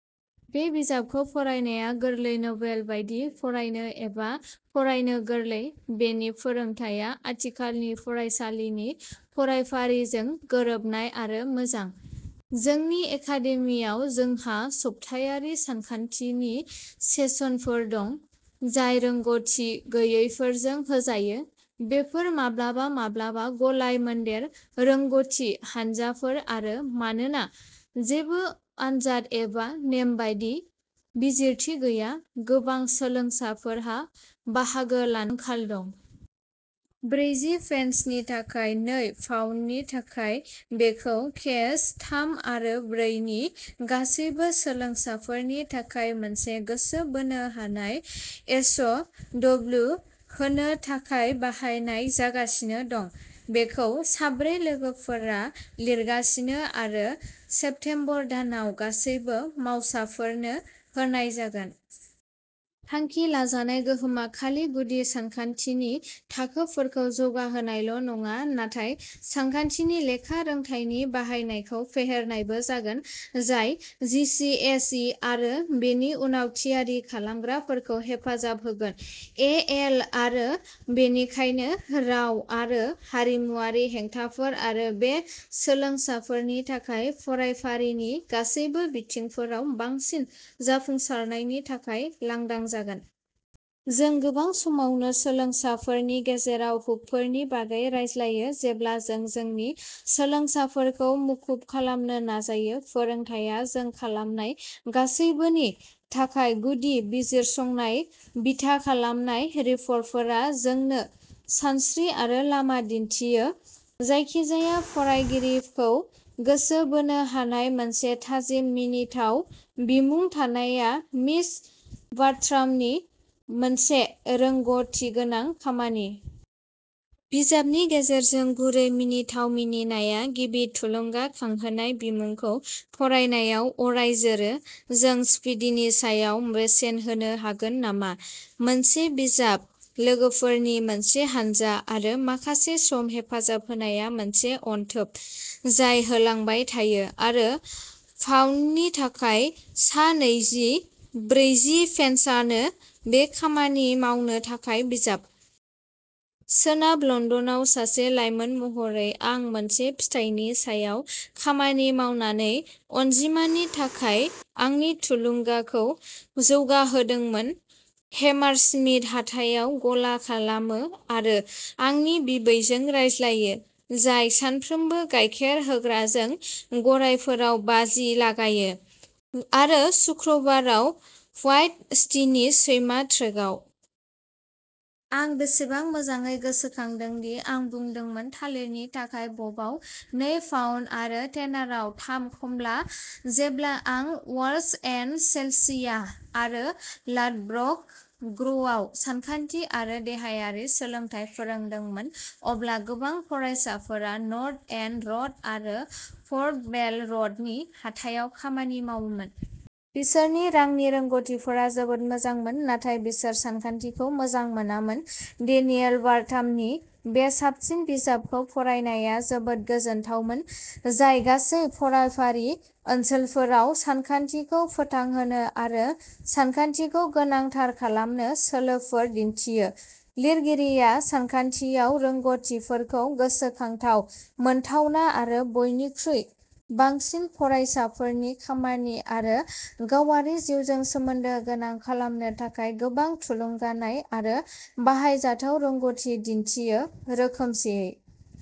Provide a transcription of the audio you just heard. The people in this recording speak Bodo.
बे बिजाबखौ फरायनाया गोरलै नभेल बायदि फरायनो एबा फरायनो गोरलै। बेनि फोरोंथाया आथिखालनि फरायसालिनि फरायफारिजों गोरोबनाय आरो मोजां। जोंनि एकादेमिआव जोंहा सप्तायारि सानखान्थिनि सेसनफोर दं, जाय रोंग'थि गैयैफोरजों होजायो। बेफोर माब्लाबा-माब्लाबा गलाय मोनदेर रोंग'थि हानजाफोर आरो मानोना जेबो आनजाद एबा नेमबादि बिजिरथि गैया, गोबां सोलोंसाफोरहा बाहागो लानायनि आंखाल दं। ब्रैजि पेन्सनि थाखाय नै पाउन्दनि थाखाय बेखौ केएस थाम आरो ब्रै नि गासैबो सोलोंसाफोरनि थाखाय मोनसे गोसो बोनो हानाय एसअ डब्ल्यु होनो थाखाय बाहायनाय जागासिनो दं। बेखौ साब्रै लोगोफोरा लिरगासिनो आरो सेप्तेम्बर दानाव गासैबो मावसाफोरनो होनाय जागोन। थांखि लाजानाय गोहोमा खालि गुदि सानखान्थिनि थाखोफोरखौ जौगाहोनायल' नङा, नाथाय सानखान्थिनि लेखा रोंथायनि बाहायनायखौ फेहेरनायबो जागोन, जाय जि सि एस इ आरो बेनि उनाव थियारि खालामग्राफोरखौ हेफाजाब होगोन। ए एल आरो बेनिखायनो राव आरो हारिमुआरि हेंथाफोर आरो बे सोलोंसाफोरनि थाखाय फरायफारिनि गासैबो बिथिंफोराव बांसिन जाफुंसारनायनि थाखाय लांदां जागोन। जों गोबां समावनो सोलोंसाफोरनि गेजेराव हुकफोरनि बागै रायज्लायो जेब्ला जों जोंनि सोलोंसाफोरखौ मुखुब खालामनो नाजायो फोरोंथाया जों खालामनाय गासैबोनि थाखाय गुदि-बिजिरसंनाय बिथा खालामनाय रिपर्टफोरा जोंनो सानस्रि आरो लामा दिन्थियो। जायखिजाया फरायगिरिखौ गोसो बोनो हानाय मोनसे थाजिम मिनिथाव बिमुं थानाया मिस बार्ट्रामनि मोनसे रोंग'थिगोनां खामानि। बिजाबनि गेजेरजों गुरै मिनिथाव मिनिनाया गिबि थुलुंगाखांहोनाय बिमुंखौ फरायनायाव अराय जोरो। जों सिपिडिनि सायाव बेसेन होनो हागोन नामा? मोनसे बिजाब-लोगोफोरनि मोनसे हानजा आरो माखासे सम हेफाजाब होनाया मोनसे अनथोब जाय होलांबाय थायो आरो पाउन्दनि थाखाय सानैनि ब्रैजि पेन्सानो बे खामानि मावनो थाखाय बिजाब। सोनाब लन्दनआव सासे लाइमोन महरै, आं मोनसे फिथाइनि सायाव खामानि मावनानै अनजिमानि थाखाय आंनि थुलुंगाखौ जौगाहोदोंमोन। हेमारस्मिथ हाथायाव गला खालामो आरो आंनि बिबैजों रायज्लायो, जाय सानफ्रोमबो गायखेर होग्राजों गरायफोराव बाजि लागायो, आरो शुक्रबाराव व्हाइट सिटीनि सैमा ट्रेकआव। आं बेसेबां मोजाङै गोसोखांदों दि आं बुंदोंमोन थालिरनि थाखाय बबआव नै पाउन्द आरो टेनाराव थाम खमला जेब्ला आं वर्ल्ड्स एन्ड चेल्सिया आरो लाडब्रक ग्र'वआव सानखान्थि आरो देहायारि सोलोंथाय फोरोंदोंमोन, अब्ला गोबां फरायसाफोरा नर्थ एन्ड र'ड आरो पर्ट'बेल'र'डनि हाथायाव खामानि मावोमोन। बिसोरनि रांनि रोंग'थिफोरा जोबोद मोजांमोन, नाथाय, बिसोर सानखान्थिखौ मोजां मोनामोन डेनियेल बार्ट्रामनि बे साबसिन बिजाबखौ फरायनाया जोबोद गोजोनथावमोन, जाय गासै फरायफारि ओनसोलफोराव सानखान्थिखौ फोथांहोनो आरो सानखान्थिखौ गोनांथार खालामनो सोलोफोर दिन्थियो। लिरगिरिया सानखान्थियाव रोंग'थिफोरखौ गोसोखांथाव, मोनथावना आरो बयनिख्रुइ बांसिन फरायसाफोरनि खामानि आरो गावारि जिउजों सोमोन्दो गोनां खालामनो थाखाय गोबां थुलुंगानाय आरो बाहायजाथाव रोंग'थि दिन्थियो रोखोमसेयै।